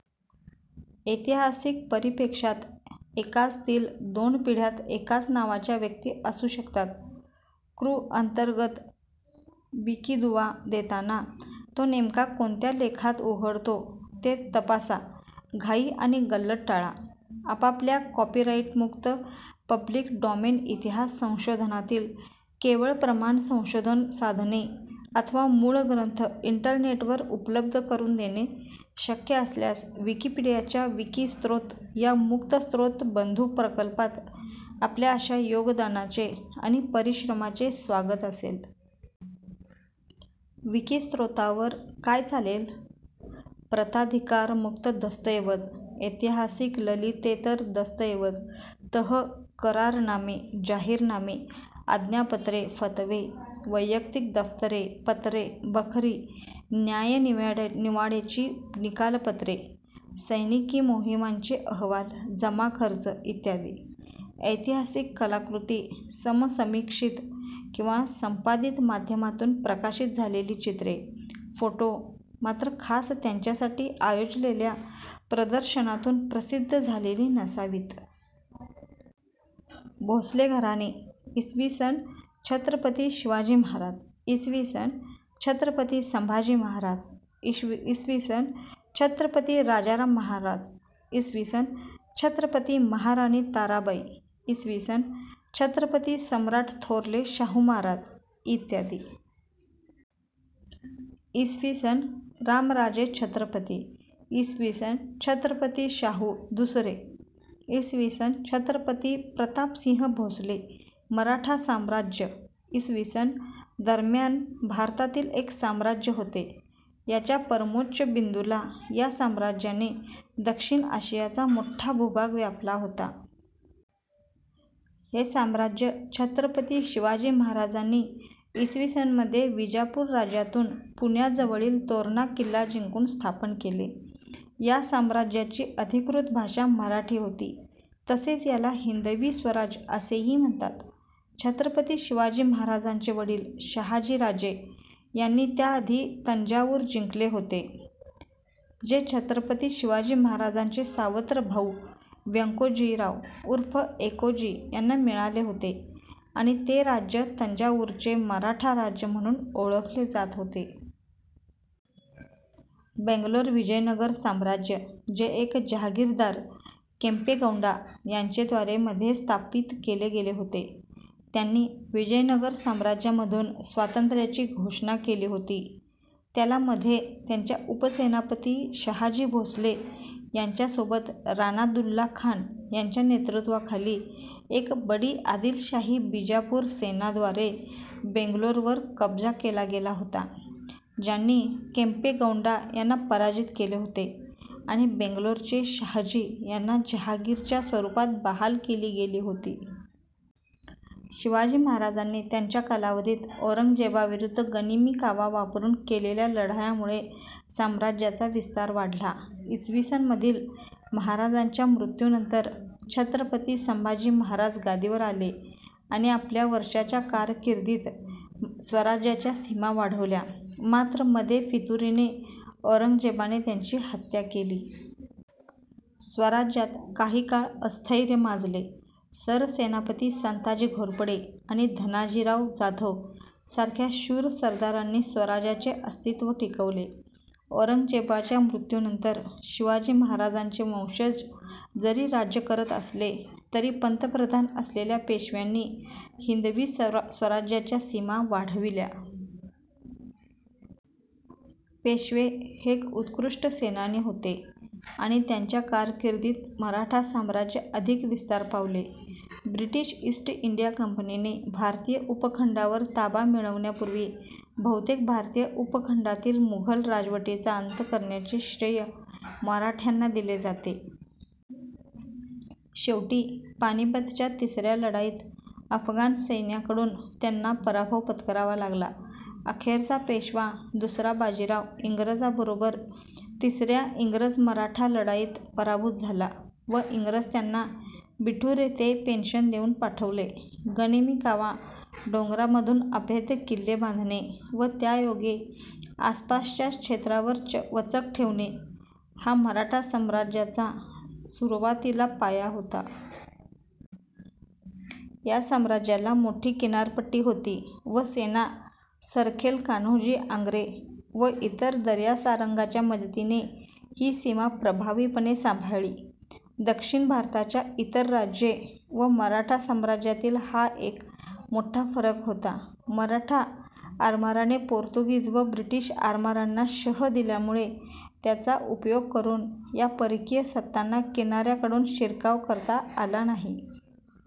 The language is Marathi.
ऐतिहासिक परिपेक्षात एकाच तील दोन पिढ्यात एकाच नावाच्या व्यक्ती असु शकतात. कृ. अंतर्गत विकिदुवा देताना, तो नेमका कोणत्या लेखात उघडतो ते तपासा; घाई आणि गल्लत टाळा. आपल्याला कॉपीराइटमुक्त पब्लीक डॉमेन इतिहास संशोधनातील केवळ प्रमाण संशोधन साधने अथवा मूळ ग्रंथ इंटरनेटवर उपलब्ध करून देणे शक्य असल्यास विकिपीडियाच्या विकिस्रोत या मुक्तस्रोत बन्धू प्रकल्पात आपल्या अशा योगदानाचे आणि परिश्रमाचे स्वागत असेल. विकिस्रोतावर काय चालेल? प्रताधिकारमुक्त दस्तऐवज ऐतिहासिक ललितेतर दस्तऐवज तह/करारनामे, जाहीरनामे, आज्ञापत्रे, फतवे, वैयक्तिक दप्तरे/पत्रे, बखरी, न्यायनिवाड्याची निकालपत्रे, सैनिकी मोहिमांचे अहवाल/जमाखर्च इत्यादी. ऐतिहासिक कलाकॄती समसमीक्षित किंवा संपादित माध्यमांतून प्रकाशित झालेली चित्रे/फोटो; मात्र खास त्यांच्यासाठी आयोजलेल्या प्रदर्शनांतून प्रसिद्ध झालेली नसावीत. भोसले घराणे इ. स.: छत्रपती शिवाजी महाराज इ. स.: छत्रपती संभाजी महाराज इ. स.: छत्रपती राजाराम महाराज इ. स.: छत्रपती महाराणी ताराबाई इ. स.: छत्रपती सम्राट थोरले शाहू महाराज इ. स.: रामराजे छत्रपती इ. स.: छत्रपती शाहू दुसरे इ. स.: छत्रपती प्रतापसिंह भोसले मराठा साम्राज्य इ. स. दरम्यान भारतातील एक साम्राज्य होते. याच्या परमोच्च बिंदूला या साम्राज्याने दक्षिण आशियाचा मोठा भूभाग व्यापला होता. हे साम्राज्य छत्रपती शिवाजी महाराजांनी इ. स. मध्ये विजापूर राज्यातून पुण्याजवळील तोरणा किल्ला जिंकून स्थापन केले. या साम्राज्याची अधिकृत भाषा मराठी होती, तसेच याला हिंदवी स्वराज्य असेही म्हणतात. छत्रपती शिवाजी महाराजांचे वडील शहाजी राजे यांनी त्याआधी तंजावुर जिंकले होते, जे छत्रपती शिवाजी महाराजांचे सावत्र भाऊ, व्यंकोजी राव उर्फ एकोजी यांना मिळाले होते आणि ते राज्य, तंजावुरचे मराठा राज्य म्हणून ओळखले जात होते. बंगलोर विजयनगर साम्राज्य जे एक जहागिरदार, केम्पे गौड़ा यांचेद्वारे मध्ये स्थापित केले गेले होते, त्यांनी विजयनगर साम्राज्यामधून स्वातंत्र्याची घोषणा केली होती, त्याला मध्ये त्यांच्या उपसेनापती, शाहजी भोसले यांच्यासोबत रानादुल्ला खान यांच्या नेतृत्वाखाली एक बड़ी आदिलशाही बीजापुर सेना द्वारे बेंगलोरवर कब्जा केला गेला होता, ज्यांनी केंम्पे गौड़ा यांना पराजित केले होते आणि बेंगलोरचे शाहजी यांना जहागिर च्या स्वरूपात बहाल केली गेली होती. शिवाजी महाराजांनी त्यांच्या कालावधीत औरंगजेबाविरूद्ध गनिमी कावा वापरून केलेल्या लढायांमुळे साम्राज्याचा विस्तार वाढला. इ. स. मधील महाराजांच्या मृत्यूनंतर छत्रपती संभाजी महाराज गादीवर आले आणि आपल्या वर्षाच्या कारकिर्दीत स्वराज्याच्या सीमा वाढवल्या, मात्र मध्ये फितुरीने औरंगजेबाने त्यांची हत्त्या केली. स्वराज्यात काही काळ अस्थैर्य माजले, सरसेनापती संताजी घोरपडे आणि धनाजीराव जाधव सारख्या शूर सरदारांनी स्वराज्याचे अस्तित्त्व टिकवले. औरंगजेबाच्या मृत्यूनंतर शिवाजी महाराजांचे वंशज जरी राज्य करत असले तरी पंतप्रधान असलेल्या पेशव्यांनी हिंदवी स्वराज्याच्या सिमा वाढविल्या. पेशवे हे एक उत्कृष्ट सेनानी होते आणि त्यांच्या कारकिर्दीत मराठा साम्राज्य अधिक विस्तार पावले. ब्रिटिश ईस्ट इंडिया कंपनीने भारतीय उपखंडावर ताबा मिळवण्यापूर्वी बहुतेक भारतीय उपखंडातील मुघल राजवटीचा अंत करण्याचे श्रेय मराठ्यांना दिले जाते. शेवटी पानिपतच्या तिसऱ्या लढाईत अफगाण सैन्याकडून त्यांना पराभव पत्करावा लागला. अखेरचा पेशवा दुसरा बाजीराव इंग्रजांबरोबर, तिसऱ्या इंग्रज-मराठा लढाईत पराभूत झाला व इंग्रज त्यांना बिठूर येथे पेन्शन देऊन पाठवले. गनिमी कावा, डोंगरांतून अभेद्य किल्ले बांधणे व त्यायोगे आसपासच्या क्षेत्रावर वचक ठेवणे हा मराठा साम्राज्याचा सुरुवातीला पाया होता. या साम्राज्याला मोठी किनारपट्टी होती व सेनासरखेल कान्होजी आंग्रे व इतर दर्यासारंगांच्या मदतीने ही सीमा प्रभावीपणे सांभाळली. दक्षिण भारताच्या इतर राज्ये व मराठा साम्राज्यातील हा एक मोठा फरक होता. मराठा आरमाराने पोर्तुगीज व ब्रिटिश आरमारांना शह दिल्यामुळे त्यांचा उपयोग करून या परकीय सत्तांना किनाऱ्यांकडून शिरकाव करता आला नाही.